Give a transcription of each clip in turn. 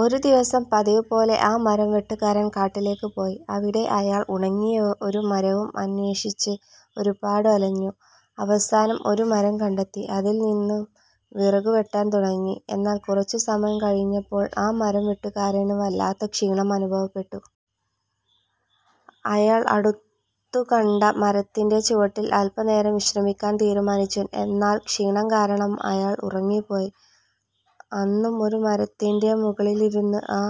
ഒരു ദിവസം പതിവു പോലെ ആ മരംവെട്ടുകാരൻ കാട്ടിലേക്ക് പോയി. അവിടെ അയാൾ ഉണങ്ങിയ ഒരു മരവും അന്വേഷിച്ചു ഒരുപാട് അലഞ്ഞു. അവസാനം ഒരു മരം കണ്ടെത്തി അതിൽ നിന്നും വിറകു വെട്ടാൻ തുടങ്ങി. എന്നാൽ കുറച്ചു സമയം കഴിഞ്ഞപ്പോൾ ആ മരംവെട്ടുകാരന് വല്ലാത്ത ക്ഷീണം അനുഭവപ്പെട്ടു. അയാൾ അടുത്തു കണ്ട മരത്തിന്റെ ചുവട്ടിൽ അല്പനേരം വിശ്രമിക്കാൻ തീരുമാനിച്ചു. എന്നാൽ ക്ഷീണം കാരണം അയാൾ ഉറങ്ങിപോയി. അന്നും ഒരു മരത്തിന്റെ മുകളിലിരുന്ന് ആ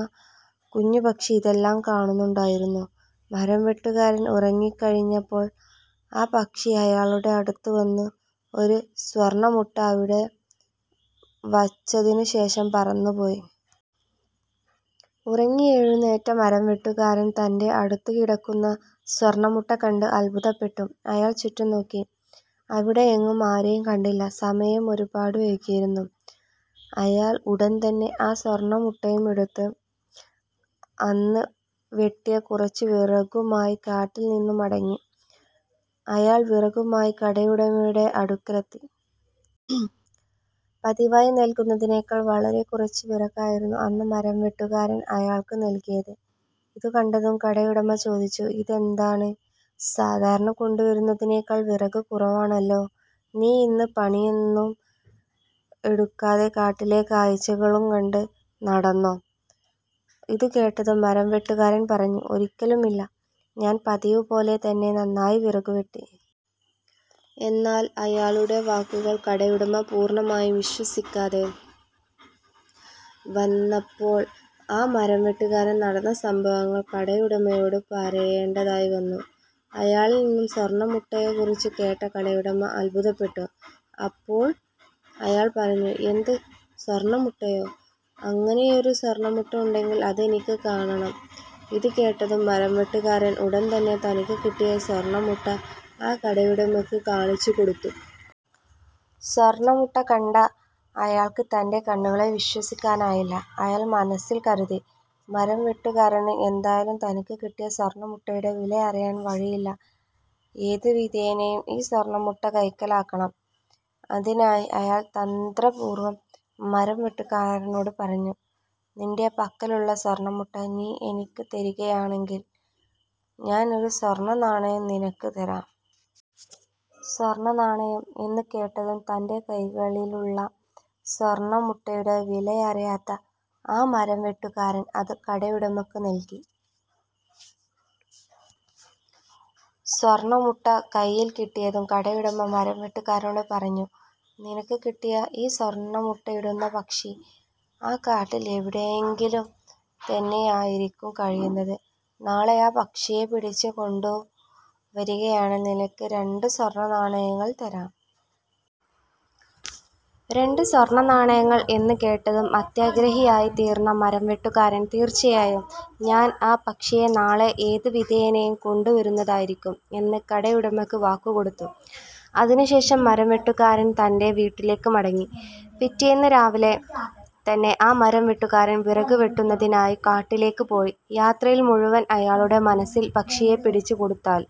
കുഞ്ഞു പക്ഷി ഇതെല്ലാം കാണുന്നുണ്ടായിരുന്നു. മരംവെട്ടുകാരൻ ഉറങ്ങി കഴിഞ്ഞപ്പോൾ ആ പക്ഷി അയാളുടെ അടുത്തു വന്ന് ഒരു സ്വർണമുട്ട അവിടെ വച്ചതിനു ശേഷം പറന്നു പോയി. ഉറങ്ങിയെഴുന്നേറ്റ മരംവെട്ടുകാരൻ തന്റെ അടുത്ത് കിടക്കുന്ന സ്വർണമുട്ട കണ്ട് അത്ഭുതപ്പെട്ടു. അയാൾ ചുറ്റും നോക്കി. അവിടെയെങ്ങും ആരെയും കണ്ടില്ല. സമയവും ഒരുപാട് വൈകിയിരുന്നു. അയാൾ ഉടൻതന്നെ ആ സ്വർണമുട്ടയും എടുത്ത് അന്ന് വെട്ടിയ കുറച്ചു വിറകുമായി കാട്ടിൽ നിന്നു മടങ്ങി. അയാൾ വിറകുമായി കടയുടമയുടെ അടുക്കലെത്തി. പതിവായി നൽകുന്നതിനേക്കാൾ വളരെ കുറച്ചു വിറകായിരുന്നു അന്ന് മരംവെട്ടുകാരൻ അയാൾക്ക് നൽകിയത്. ഇതു കണ്ടതും കടയുടമ ചോദിച്ചു "ഇതെന്താണ് സാധാരണ കൊണ്ടു വരുന്നതിനെക്കാൾ വിറക് കുറവാണല്ലോ? നീയിന്നു പണിയെടുക്കാതെ കാട്ടിലെ കാഴ്ചകളും കണ്ട് നടന്നോ? " ഇതു കേട്ടതും മരംവെട്ടുകാരൻ പറഞ്ഞു "ഒരിക്കലുമില്ല. ഞാൻ പതിവു പോലെ തന്നെ നന്നായി വിറകു വെട്ടി. " എന്നാൽ അയാളുടെ വാക്കുകൾ കടയുടമ പൂർണമായും വിശ്വസിക്കാതെ വന്നപ്പോൾ ആ മരംവെട്ടുകാരന് നടന്ന സംഭവങ്ങൾ കടയുടമയോട് പറയേണ്ടതായി വന്നു. അയാളിൽ നിന്നും സ്വർണമുട്ടയെ കുറിച്ചു കേട്ട കടയുടമ അത്ഭുതപെട്ടു. അപ്പോൾ അയാൾ പറഞ്ഞു "എന്ത് സ്വർണമുട്ടയോ? അങ്ങനെയൊരു സ്വർണമുട്ട ഉണ്ടെങ്കിൽ അതെനിക്ക് കാണണം. " ഇത് കേട്ടതും മരംവെട്ടുകാരൻ ഉടൻതന്നെ തനിക്ക് കിട്ടിയ സ്വർണമുട്ട ആ കടയുടമയ്ക്ക് കാണിച്ചു കൊടുത്തു. സ്വർണമുട്ട കണ്ട അയാൾക്ക് തന്റെ കണ്ണുകളെ വിശ്വസിക്കാനായില്ല. അയാൾ മനസ്സിൽ കരുതി "മരംവെട്ടുകാരന് എന്തായാലും തനിക്ക് കിട്ടിയ സ്വർണമുട്ടയുടെ വില അറിയാൻ വഴിയില്ല. ഏതു വിധേനയും ഈ സ്വർണമുട്ട കൈക്കലാക്കണം. " അതിനായി അയാൾ തന്ത്രപൂർവം മരംവെട്ടുകാരനോട് പറഞ്ഞു. "നിന്റെ പക്കലുള്ള സ്വർണമുട്ട നീ എനിക്ക് തരികയാണെങ്കിൽ ഞാൻ ഒരു സ്വർണനാണയം നിനക്ക് തരാം. " സ്വർണനാണയം എന്നു കേട്ടതും തന്റെ കൈയിലുള്ള സ്വർണമുട്ടയുടെ വിലയറിയാത്ത ആ മരംവെട്ടുകാരൻ അത് കടയുടമയ്ക്ക് നൽകി. സ്വർണമുട്ട കൈയിൽ കിട്ടിയതും കടയുടമ മരംവെട്ടുകാരനോട് പറഞ്ഞു. "നിനക്ക് കിട്ടിയ ഈ സ്വർണമുട്ടയിടുന്ന പക്ഷി ആ കാട്ടിൽ എവിടെയെങ്കിലും തന്നെയായിരിക്കും കഴിയുന്നത്. നാളെ ആ പക്ഷിയെ പിടിച്ചു കൊണ്ടു വരികയാണെങ്കിൽ ഞാൻ നിനക്ക് രണ്ടു സ്വർണനാണയങ്ങൾ തരാം. " രണ്ടു സ്വർണനാണയങ്ങൾ എന്നു കേട്ടതും അത്യാഗ്രഹിയായി തീർന്ന മരംവെട്ടുകാരൻ "തീർച്ചയായും ഞാൻ ആ പക്ഷിയെ നാളെ ഏതു വിധേനയും കൊണ്ടു വരുന്നതായിരിക്കും. " എന്ന് കടയുടമയ്ക്ക് വാക്കു കൊടുത്തു. അതിനു ശേഷം മരംവെട്ടുകാരൻ തന്റെ വീട്ടിലേക്ക് മടങ്ങി. പിറ്റേന്ന് രാവിലെ തന്നെ ആ മരംവെട്ടുകാരൻ വിറക് വെട്ടുന്നതിനായി കാട്ടിലേക്ക് പോയി. യാത്രയിൽ മുഴുവൻ അയാളുടെ മനസ്സിൽ പക്ഷിയെ പിടിച്ചു കൊടുത്താൽ